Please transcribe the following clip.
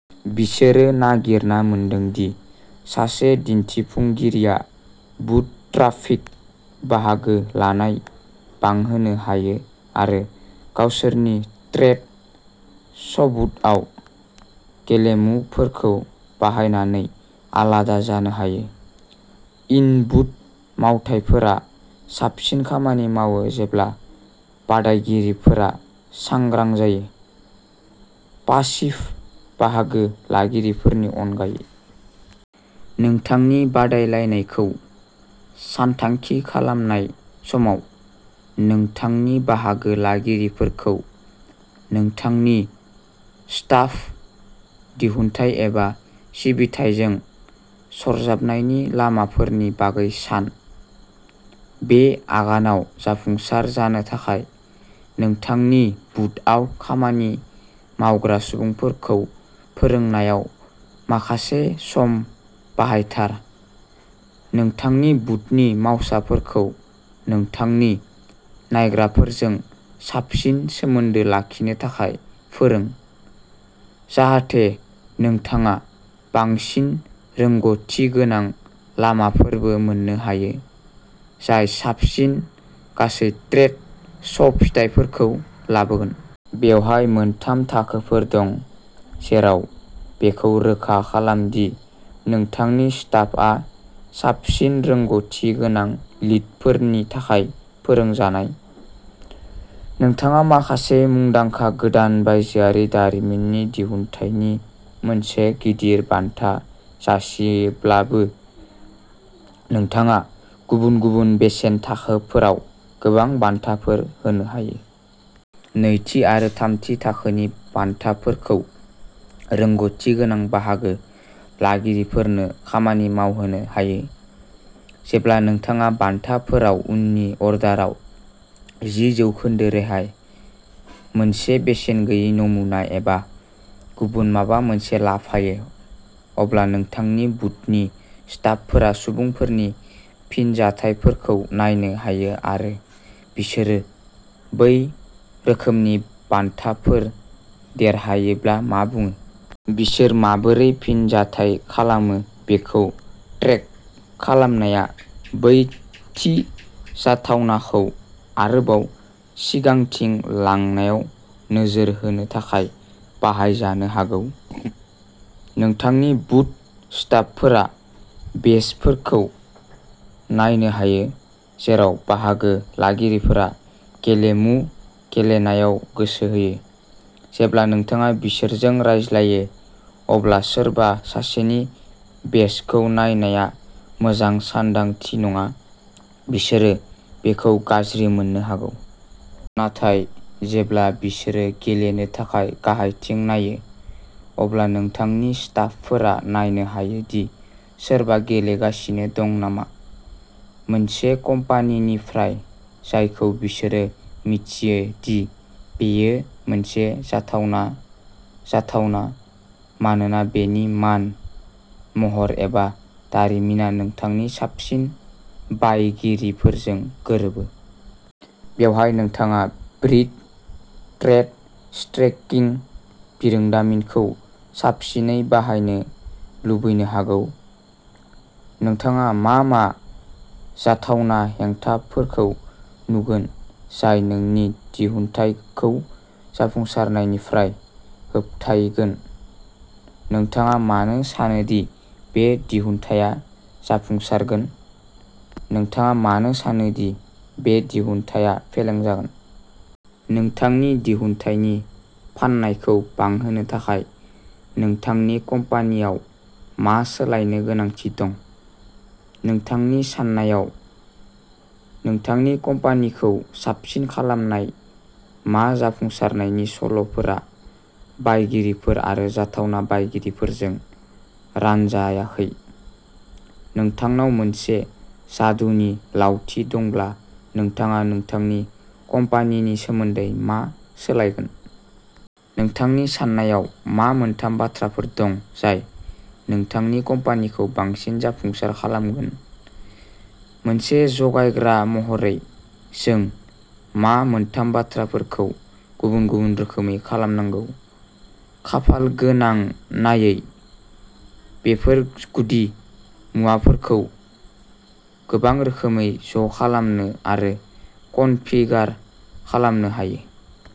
बिसोरो नागिरना मोनदों दि सासे दिन्थिफुंगिरिया बुथ ट्राफिक बाहागो लानाय बांहोनो हायो आरो गावसोरनि ट्रेड श'बुथआव गेलेमुफोरखौ बाहायनानै आलादा जानो हायो। इन-बुथ मावथायफोरा साबसिन खामानि मावो जेब्ला बादायगिरिफोरा सांग्रां जायो, पासिभ बाहागो लागिरिफोरनि अनगायै। नोंथांनि बादायलायनायखौ सानथांखि खालामनाय समाव, नोंथांनि बाहागो लागिरिफोरखौ नोंथांनि स्टाफ, दिहुनथाइ एबा सिबिथाइजों सरजाबनायनि लामाफोरनि बागै सान। बे आगानाव जाफुंसार जानो थाखाय, नोंथांनि बुथआव खामानि मावग्रा सुबुंफोरखौ फोरोंनायाव माखासे सम बाहायथार। नोंथांनि बुथनि मावसाफोरखौ नोंथांनि नायग्राफोरजों साबसिन सोमोन्दो लाखिनो थाखाय फोरों, जाहाथे नोंथाङा बांसिन रोंग'थि गोनां लामाफोरबो मोन्नो हायो, जाय साबसिन गासै ट्रेड श' फिथाइफोरखौ लाबोगोन। बेवहाय मोनथाम थाखोफोर दं जेराव बेखौ रोखा खालाम दि नोंथांनि स्टाफआ साबसिन रोंग'थि गोनां लिडफोरनि थाखाय फोरोंजानाय। नोंथाङा माखासे मुंदांखा गोदान बायजोआरि दारिमिननि दिहुनथायनि मोनसे गिदिर बान्था जासियोब्लाबो, नोंथाङा गुबुन गुबुन बेसेन थाखोफोराव गोबां बान्थाफोर होनो हायो। नैथि आरो थामथि थाखोनि बान्थाफोरखौ रोंग'थि गोनां बाहागो लागिरिफोरनो खामानि मावहोनो हायो। जेब्ला नोंथाङा बान्थाफोराव उननि अर्डाराव जि जौखोन्दो रेहाय, मोनसे बेसेन गैयै नमुना, एबा गुबुन माबा मोनसे लाफायो, अब्ला नोंथांनि बुथनि स्टाफफोरा सुबुंफोरनि फिनजाथायफोरखौ नायनो हायो आरो बिसोर बै रोखोमनि बान्थाफोर देरहायोब्ला मा बुङो। बिसोर माबोरै फिनजाथाय खालामो बेखौ ट्रेक खालामनाया बै थि जाथावनाखौ आरोबाव सिगांथिं लांनायाव नोजोर होनो थाखाय बाहायजानो हागौ। नोंथांनि बुथ स्टाफफोरा बेजफोरखौ नायनो हायो, जेराव बाहागो लागिरिफोरा गेलेमु गेलेनायाव गोसो होयो। जेब्ला नोंथाङा बिसोरजों रायज्लायो, अब्ला सोरबा सासेनि बेजखौ नायनाया मोजां सानदांथि नङा बिसोरो बेखौ गाज्रि मोननो हागौ। नाथाय जेब्ला बिसोरो गेलेनो थाखाय गाहायथिं नायो, अब्ला नोंथांनि स्टाफफोरा नायनो हायो दि सोरबा गेलेगासिनो दं नामा। मोनसे कम्पानिनिफ्राय जायखौ बिसोरो मिथियो दि बेयो मोनसे जाथावना जाथावना, मानोना बेनि मान, महर एबा दारिमिना नोंथांनि साबसिन बायगिरिफोरजों गोरोबो। बेवहाय नोंथाङा ब्रिद ट्रेड श'ट्रेकिं बिरोंदामिनखौ साबसिनै बाहायनो लुबैनो हागौ। नोंथाङा मा मा जाथावना हेंथाफोरखौ नुगोन जाय जोंनि दिहुनथायखौ जाफुंसारनायनिफ्राय होबथायगोन। नोंथाङा मानो सानो दि बे दिहुनथाया जाफुंसारगोन? नोंथाङा मानो सानो दि बे दिहुनथाया फेलें जागोन? नोंथांनि दिहुनथायनि फाननायखौ बांहोनो थाखाय नोंथांनि कम्पानिआव मा सोलायनो गोनांथि दं? नोंथांनि सान्नायाव, नोंथांनि कम्पानिखौ साबसिन खालामनाय मा जाफुंसारनायनि सल'फोरा बायगिरिफोर आरो जाथावना बायगिरिफोरजों रानजायाखै? नोंथांनाव मोनसे जादुनि लावथि दंब्ला नोंथाङा नोंथांनि कम्पानिनि सोमोन्दै मा सोलायगोन? नोंथांनि सान्नायाव मा मोनथाम बाथ्राफोर दं जाय नोंथांनि कम्पानिखौ बांसिन जाफुंसार खालामगोन? मोनसे जगायग्रा महरै जों मा मोनथाम बाथ्राफोरखौ गुबुन-गुबुन रोखोमै खालामनांगौ? खाफालगोनांनायै, बेफोर गुदि मुवाफोरखौ गोबां रोखोमै ज'खालामनो आरो कनफिगार खालामनो हायो।